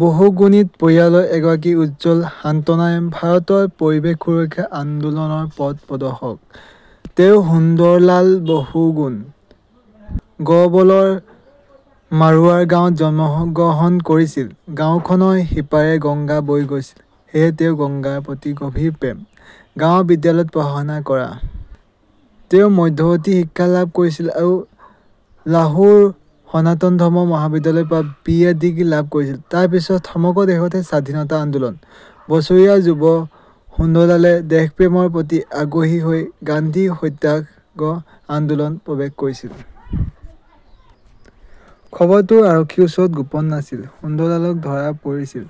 বহুগুণিত পৰিয়ালৰ এগৰাকী উজ্জ্বল সন্তানই ভাৰতৰ পৰিৱেশ সুৰক্ষা আন্দোলনৰ পথ প্ৰদৰ্শক। তেওঁ সুন্দৰলাল বহুগুণ। গড়বলৰ মাৰোৰা গাঁৱত জন্মগ্ৰহণ কৰিছিল। গাওঁখনৰ সিপাৰে গংগা বৈ গৈছে। সেয়েহে তেওঁৰ গংগাৰ প্ৰতি গভীৰ প্ৰেম, গাঁৱৰ বিদ্যালয়ত পঢ়া-শুনা কৰা। তেওঁ মধ্যৱৰ্তী শিক্ষা লাভ কৰিছিল আৰু লাহোৰ সনাতন ধৰ্ম মহাবিদ্যালয়ৰ পৰা বি. এ. ডিগ্ৰী লাভ কৰিছিল। তাৰ পিছত সমগ্ৰ দেশতে স্বাধীনতা আন্দোলন। বছৰীয়া যুৱ সুন্দৰলালে দেশপ্ৰেমৰ প্ৰতি আগ্ৰহী হৈ গান্ধীৰ সত্যাগ্ৰহ আন্দোলনত প্ৰৱেশ কৰিছিল। খবৰটো আৰক্ষীৰ ওচৰত গোপন নাছিল। সুন্দৰলালক ধৰা পৰিছিল।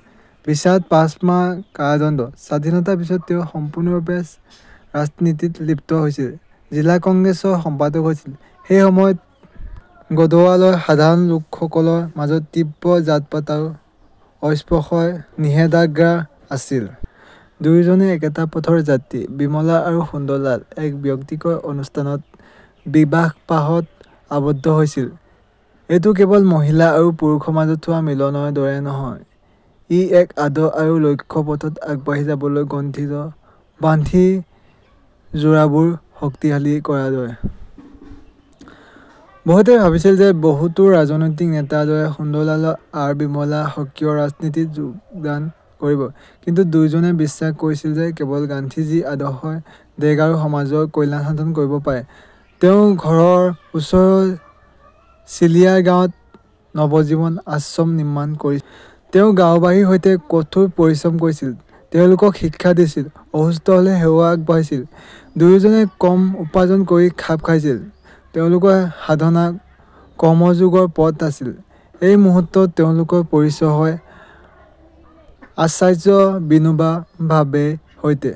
বিচাৰত পাঁচ মাহৰ কাৰাদণ্ড। স্বাধীনতাৰ পিছত তেওঁ সম্পূৰ্ণৰূপে ৰাজনীতিত লিপ্ত হৈছিল। জিলা কংগ্ৰেছৰ সম্পাদক হৈছিল। সেই সময়ত গড়ৱালৰ সাধাৰণ লোকসকলৰ মাজত তীব্ৰ জাতপাত আৰু স্পৰ্শৰ নিষেধাজ্ঞা আছিল। দুয়োজনেই একেটা পথৰ যাত্ৰী। বিমলা আৰু সুন্দৰলাল এক বিৰক্তিকৰ অনুষ্ঠানত বিবাহপাশত আবদ্ধ হৈছিল। এইটো কেৱল মহিলা আৰু পুৰুষৰ মাজত হোৱা মিলনৰ দৰেই নহয়, ই এক আদ আৰু লক্ষ্য পথত আগবাঢ়ি যাবলৈ গ্ৰন্থি বান্ধি যোৰাবোৰ শক্তিশালী কৰাৰ দৰে। বহুতে ভাবিছিল যে বহুতো ৰাজনৈতিক নেতাৰ দৰে সুন্দৰলাল আৰ. বিমলা সক্ৰিয় ৰাজনীতিত যোগদান কৰিব। কিন্তু দুয়োজনে বিশ্বাস কৰিছিল যে কেৱল গান্ধীজীৰ আদৰ্শই দেশ আৰু সমাজৰ কল্যাণ সাধন কৰিব পাৰে। তেওঁ ঘৰৰ ওচৰৰ চিলিয়াৰ গাঁৱত নবজীৱন আশ্ৰম নিৰ্মাণ কৰিছিল। তেওঁ গাওঁবাসীৰ সৈতে কঠোৰ পৰিশ্ৰম কৰিছিল, তেওঁলোকক শিক্ষা দিছিল, অসুস্থ হ'লে সেৱা আগবঢ়াইছিল। দুয়োজনে কম উপাৰ্জন কৰি খাপ খাইছিল। তেওঁলোকৰ সাধনা কৰ্মযোগৰ পথ আছিল। এই মুহূৰ্তত তেওঁলোকৰ পৰিচয় হয় আচাৰ্য বিনোবা ভাবে সৈতে।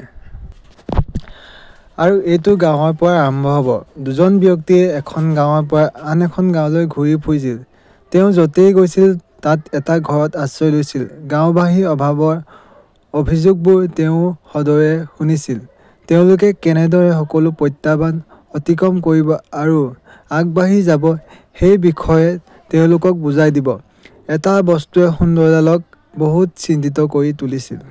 আৰু এইটো গাঁৱৰ পৰা আৰম্ভ হ 'ব। দুজন ব্যক্তিয়ে এখন গাঁৱৰ পৰা আন এখন গাঁৱলৈ ঘূৰি ফুৰিছিল। তেওঁ য 'তেই গৈছিল তাত এটা ঘৰত আশ্ৰয় লৈছিল। গাওঁবাসীৰ অভাৱৰ অভিযোগবোৰ তেওঁ হদয়ৰে শুনিছিল। তেওঁলোকে কেনেদৰে সকলো প্ৰত্যাহ্বান অতিক্ৰম কৰিব আৰু আগবাঢ়ি যাব সেই বিষয়ে তেওঁলোকক বুজাই দিব। এটা বস্তুৱে সুন্দৰলালক বহুত চিন্তিত কৰি তুলিছিল।